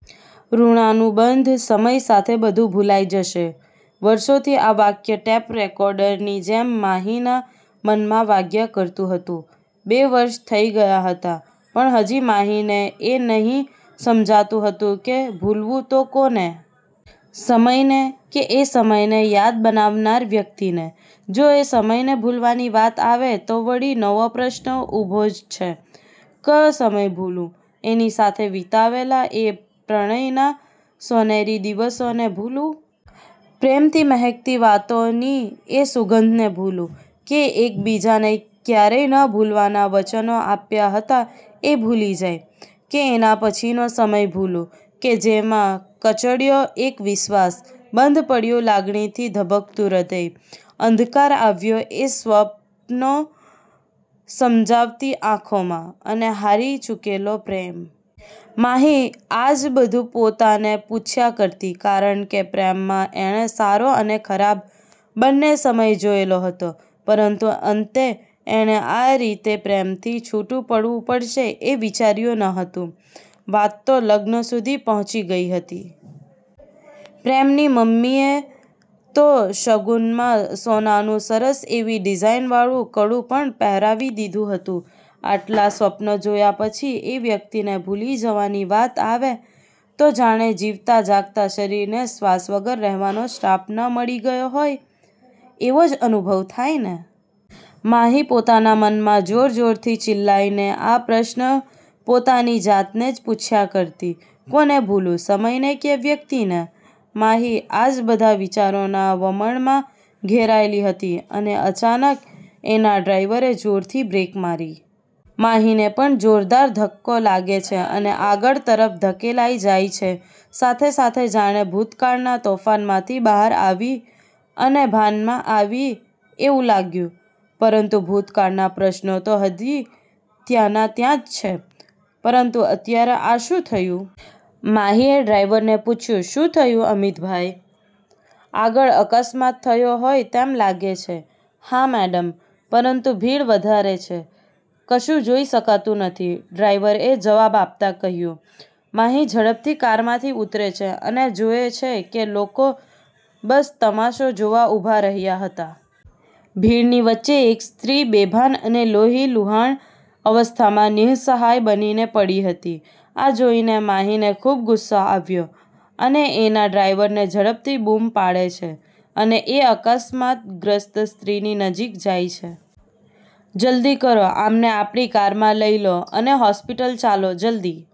ઋણાનુબંધ: "સમય સાથે બધું ભૂલાઈ જશે" વર્ષોથી આ વાક્ય ટેપ રેકોર્ડર ની જેમ માહી ના મનમાં વાગ્યા કરતુ હતું. બે વર્ષ થઈ ગયાં હતા. પણ હજી માહી ને એ નહી સમજાતું હતું કે ભૂલવું તો કોને? સમય ને, કે એ સમય ને યાદ બનાવનાર વ્યક્તિ ને? જો એ સમય ને ભૂલવાની વાત આવે તો વળી નવો પ્રશ્ન ઊભો જ છે. કયો સમય ભૂલું? એની સાથે વિતાવેલા એ પ્રણય ના સોનેરી દિવસો ને ભૂલું? પ્રેમ થી મહેકતી વાતો ની એ સુગંધ ને ભૂલું? કે એક બીજાને ક્યારેય ન ભૂલવના વચનો આપ્યા હતા એ ભૂલી જાય? કે એના પછી નો સમય ભૂલું? કે જેમાં કચડ્યો એક વિશ્વાસ, બંધ પડ્યું લાગણીથી ધબકતું હૃદય, અંધકાર આવ્યો એ સ્વપનો સજાવતી આંખો માં, અને હારી ચૂકેલો પ્રેમ. માહી આ જ બધું પોતાને પૂછ્યા કરતી. કારણ કે પ્રેમ માં એણે સારો અને ખરાબ બંને સમય જોયેલો હતો, પરંતુ અંતે એણે આ રીતે પ્રેમથી છૂટું પડવું પડશે એ વિચાર્યું ન હતું. વાત તો લગ્ન સુધી પહોંચી ગઈ હતી. પ્રેમ ની મમ્મીએ તો શગુનમાં સોનાનું સરસ એવી ડીઝાઇન વાળું કડું પણ પહેરાવી દીધું હતું. આટલા સ્વપનો જોયા પછી એ વ્યક્તિ ને ભૂલી જવાની વાત આવે તો જાણે જીવતા જાગતા શરીર ને શ્વાસ વગર રહેવાનો શ્રાપ ના મળી ગયો હોય, એવો જ અનુભવ થાય ને. માહી પોતાના મન માં જોર-જોરથી ચિલ્લાઈ ને આ પ્રશ્ન પોતાની જાત ને જ પૂછ્યા કરતી, "કોને ભૂલું? સમય ને કે વ્યક્તિ ને?" માહી આ જ બધા વિચારોના વમળમાં ઘેરાયેલી હતી અને અચાનક એનાં ડ્રાઈવરે જોરથી બ્રેક મારી. માહી ને પણ જોરદાર ધક્કો લાગે છે અને આગળ તરફ ધકેલાઈ જાય છે. સાથે-સાથે જાણે ભૂતકાળના તોફાનમાંથી બહાર આવી અને ભાનમાં આવી એવું લાગ્યું.. પરંતુ ભૂતકાળના પ્રશ્નો તો હજી ત્યાંના ત્યાં જ છે, પરંતુ અત્યારે આ શું થયું? માહી એ ડ્રાઈવર ને પૂછ્યું,"શું થયું અમિતભાઈ? આગળ અકસ્માત થયો હોય તેમ લાગે છે." "હા મેડમ, પરંતુ ભીડ વધારે છે. કશું જોઈ શકાતું નથી." ડ્રાઈવર એ જવાબ આપતા કહ્યું. માહી ઝડપથી કારમાંથી ઉતરે છે અને જોવે છે કે લોકો બસ તમાશો જોવા ઊભા હતા. ભીડ ની વચ્ચે એક સ્ત્રી બેભાન અને લોહીલુહાણ અવસ્થામાં નિ:સહાય બનીને પડી હતી. આ જોઈ ને માહી ને ખૂબ ગુસ્સો આવ્યો અને એના ડ્રાઈવરને ઝડપથી બૂમ પાડે છે, અને એ અકસમાતગ્રસ્ત સ્ત્રીની નજીક જાય છે. "જલ્દી કરો. આમને આપણી કારમા લઇ લો અને હોસ્પિટલ ચાલો, જલ્દી.